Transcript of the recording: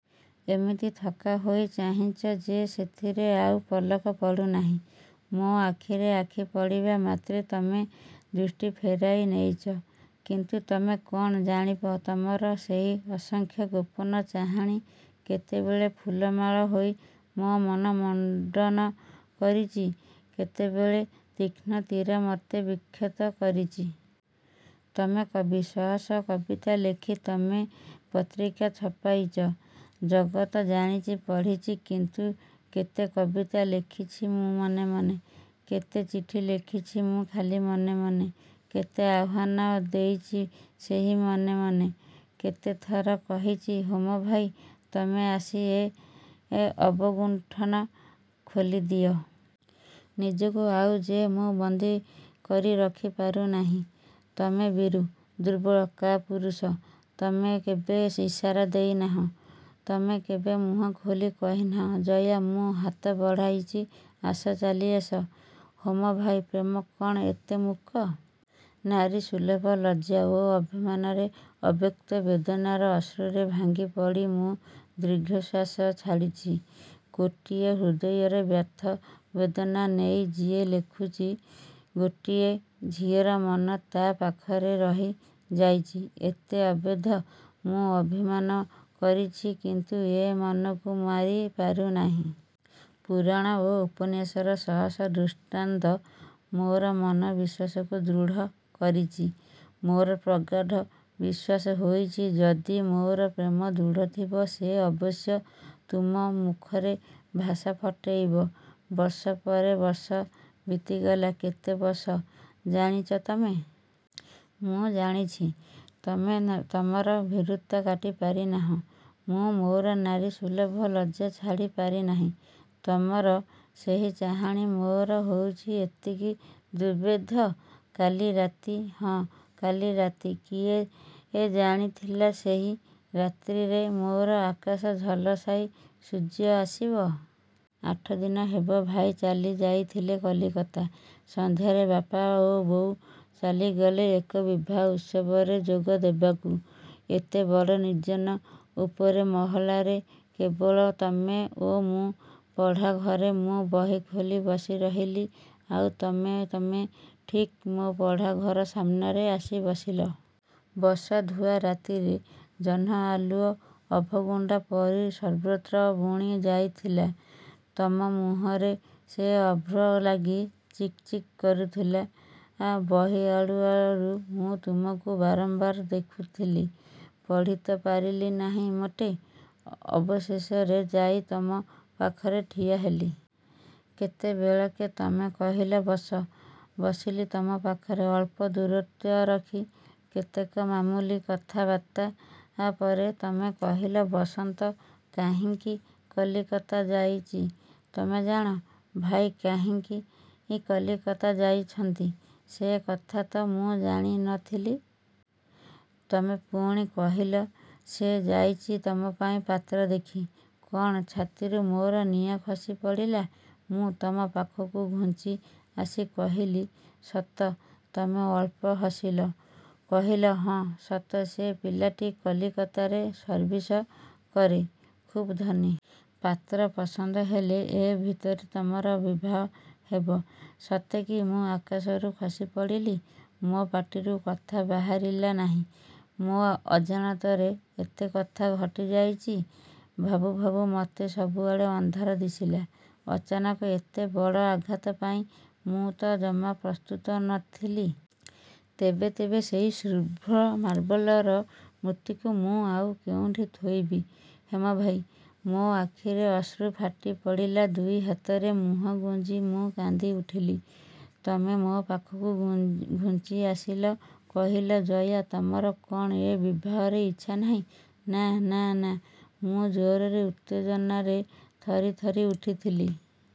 ଏମିତି ଥକ୍କା ହୋଇ ଚାହିଁଚ ଯେ ସେଥିରେ ଆଉ ପଲକ ପଡ଼ୁନାହିଁ। ମୋ ଆଖିରେ ଆଖି ପଡ଼ିବା ମାତ୍ରେ ତମେ ଦୃଷ୍ଟି ଫେରାଇ ନେଇଚ, କିନ୍ତୁ ତମେ କ'ଣ ଜାଣିବ, ତମର ସେହି ଅସଂଖ୍ୟ ଗୋପନ ଚାହାଣି କେତେବେଳେ ଫୁଲମାଳ ହୋଇ ମୋ ମନ ମଣ୍ଡନ କରିଚି? କେତେବେଳେ ତୀକ୍ଷ୍ଣ ତୀର ମତେ ବିକ୍ଷତ କରିଚି। ତମେ କବି। ଶହ ଶହ କବିତା ଲେଖି ତମେ ପତ୍ରିକାରେ ଛପାଇଚ। ଜଗତ ଜାଣିଚି, ପଢ଼ିଚି, କିନ୍ତୁ କେତେ କବିତା ଲେଖିଛି ମୁଁ ମନେ ମନେ। କେତେ ଚିଠି ଲେଖିଚି ମୁଁ ଖାଲି ମନେ ମନେ। କେତେ ଆହ୍ଵାନ ଦେଇଚି ସେହି ମନେ ମନେ। କେତେଥର କହିଚି ହେମଭାଇ, ତମେ ଆସି ଏ ଅବଗୁଣ୍ଠନ ଖୋଲିଦିଅ! ନିଜକୁ ଆଉ ଯେ ମୁଁ ବନ୍ଦୀ କରି ରଖି ପାରୁନାହିଁ। ତମେ ଭୀରୁ! ଦୁର୍ବଳ! କାପୁରୁଷ! ତମେ କେବେ ଇସାରା ଦେଇନାହଁ। ତମେ କେବେ ମୁହଁ ଖୋଲି କହିନାହଁ, "ଜୟା, ମୁଁ ହାତ ବଢ଼ାଇଚି, ଆସ, ଚାଲିଆସ।" ହେମ ଭାଇ, ପ୍ରେମ କ'ଣ ଏତେ ମୂକ? ନାରୀସୁଲଭ ଲଜ୍ଜା ଓ ଅଭିମାନରେ, ଅବ୍ୟକ୍ତ ବେଦନାର ଅଶ୍ରୁରେ ଭାଙ୍ଗି ପଡ଼ି ମୁଁ ଦୀର୍ଘଶ୍ଵାସ ଛାଡ଼ିଛି। କୋଟିଏ ହୃଦୟର ବ୍ୟଥା ବେଦନା ନେଇ ଯିଏ ଲେଖୁଚି, ଗୋଟିଏ ଝିଅର ମନ ତା' ପାଖରେ ରହି ଯାଉଚି ଏତେ ଅବୋଧ୍ୟ? ମୁଁ ଅଭିମାନ କରିଛି; କିନ୍ତୁ ଏ ମନକୁ ମାରି ପାରୁନାହିଁ। ପୁରାଣ ଓ ଉପନ୍ୟାସର ଶହ ଶହ ଦୃଷ୍ଟାନ୍ତ ମୋର ମନ ବିଶ୍ୱାସକୁ ଦୃଢ଼ କରିଚି। ମୋର ପ୍ରଗାଢ଼ ବିଶ୍ଵାସ ହୋଇଚି ଯଦି ମୋର ପ୍ରେମ ଦୃଢ଼ ଥିବ, ସେ ଅବଶ୍ୟ ତୁମ ମୁଖରେ ଭାଷା ଫଟେଇବ। ବର୍ଷ ପରେ ବର୍ଷ ବିତିଗଲା। କେତେ ବର୍ଷ? ଜାଣିଚ ତମେ? ମୁଁ ଜାଣିଛି। ତମେ ତମର ଭୀରୁତା କାଟି ପାରିନାହିଁ। ମୁଁ ମୋର ନାରୀସୁଲଭ ଲଜ୍ଜା ଛାଡ଼ି ପାରିନାହିଁ। ତମର ସେହି ଚାହାଣି ମୋର ହୋଇଛି ଏତିକି ଦୂର୍ବୋଧ୍ୟ। କାଲି ରାତି? ହଁ, କାଲି ରାତି, କିଏ ଜାଣିଥିଲା, ସେହି ରାତ୍ରିରେ ମୋର ଆକାଶ ଝଲସାଇ ସୂର୍ଯ୍ୟ ଆସିବ। ଆଠଦିନ ହେବ ଭାଇ ଚାଲି ଯାଇଥିଲେ କଲିକତା। ସନ୍ଧ୍ୟାରେ ବାପା ଓ ବୋଉ ଚାଲିଗଲେ ଏକ ବିବାହ ଉତ୍ସବରେ ଯୋଗ ଦେବାକୁ। ଏତେ ବଡ଼ ନିର୍ଜନ ଉପରେ ମହଲାରେ କେବଳ ତମେ ଓ ମୁଁ। ପଢ଼ା ଘରେ ମୁଁ ବହି ଖୋଲି ବସି ରହିଲି। ଆଉ ତମେ ତମେ ଠିକ୍ ମୋ ପଢ଼ା ଘର ସାମ୍ନାରେ ଆସି ବସିଲ। ବର୍ଷା ଧୂଆ ରାତିରେ, ଜହ୍ନ ଆଲୁଅ ଅଭଗୁଣ୍ଡା ପରି ସର୍ବତ୍ର ବୁଣି ଯାଇଥିଲା। ତମ ମୁହଁରେ ସେ ଅଭ୍ର ଲାଗି ଚିକ୍ ଚିକ୍ କରୁଥିଲା। ବହି ଆଢ଼ୁଆଳରୁ ମୁଁ ତମକୁ ବାରମ୍ବାର ଦେଖିଥିଲି। ପଢ଼ି ତ ପାରିଲି ନାହିଁ ମୋଟେ। ଅବଶେଷରେ ଯାଇ ତମ ପାଖରେ ଠିଆ ହେଲି। କେତେବେଳକେ ତମେ କହିଲ, "ବସ!" ବସିଲି ତମ ପାଖରେ, ଅଳ୍ପ ଦୂରତ୍ଵ ରଖି। କେତେକ ମାମୁଲି କଥାବାର୍ତ୍ତା ପରେ ତମେ କହିଲ, "ବସନ୍ତ କାହିଁକି କଲିକତା ଯାଇଚି ତମେ ଜାଣ?" ଭାଇ କାହିଁକି କଲିକତା ଯାଇଛନ୍ତି ସେ କଥା ତ ମୁଁ ଜାଣି ନ ଥିଲି। ତମେ ପୁଣି କହିଲ "ସେ ଯାଇଚି ତମ ପାଇଁ ପାତ୍ର ଦେଖି!" କ'ଣ? ଛାତିରୁ ମୋର ନିଆଁ ଖସିପଡ଼ିଲା। ମୁଁ ତମ ପାଖକୁ ଘୁଞ୍ଚି ଆସି କହିଲି, "ସତ?" ତମେ ଅଳ୍ପ ହସିଲ। କହିଲ, "ହଁ, ସତ, ସେ ପିଲାଟି କଲିକତାରେ ସର୍ଭିସ କରେ। ଖୁବ୍ ଧନୀ। ପାତ୍ର ପସନ୍ଦ ହେଲେ ଏ ଭିତରେ ତମର ବିବାହ ହେବ।" ସତେ କି ମୁଁ ଆକାଶରୁ ଖସି ପଡ଼ିଲି। ମୋ ପାଟିରୁ କଥା ବାହାରିଲା ନାହିଁ। ମୋ ଅଜାଣତରେ ଏତେ କଥା ଘଟି ଯାଇଚି? ଭାବୁ ଭାବୁ ମତେ ସବୁଆଡ଼େ ଅନ୍ଧାର ଦିଶିଲା, ଅଚାନକ ଏତେ ବଡ଼ ଆଘାତ ପାଇଁ ମୁଁ ତ ଜମା ପ୍ରସ୍ତୁତ ନ ଥିଲି! ତେବେ, ତେବେ ସେହି ଶୁଭ୍ର ମାର୍ବଲର ମୂର୍ତ୍ତିକୁ ମୁଁ ଆଉ କେଉଁଠି ଥୋଇବି ହେମଭାଇ? ମୋ ଆଖିରେ ଅଶ୍ରୁ ଫାଟି ପଡ଼ିଲା ଦୁଇ ହାତରେ ମୁହଁ ଗୁଞ୍ଜି ମୁଁ କାନ୍ଦି ଉଠିଲି। ତମେ ମୋ ପାଖକୁ ଘୁଞ୍ଚି ଆସିଲ, କହିଲ, "ଜୟା, ତମର କ'ଣ ଏ ବିବାହରେ ଇଚ୍ଛା ନାହିଁ?" "ନା ନା ନା!" ମୁଁ ଜୋରରେ, ଉତ୍ତେଜନାରେ ଥରି ଥରି ଉଠିଥିଲି।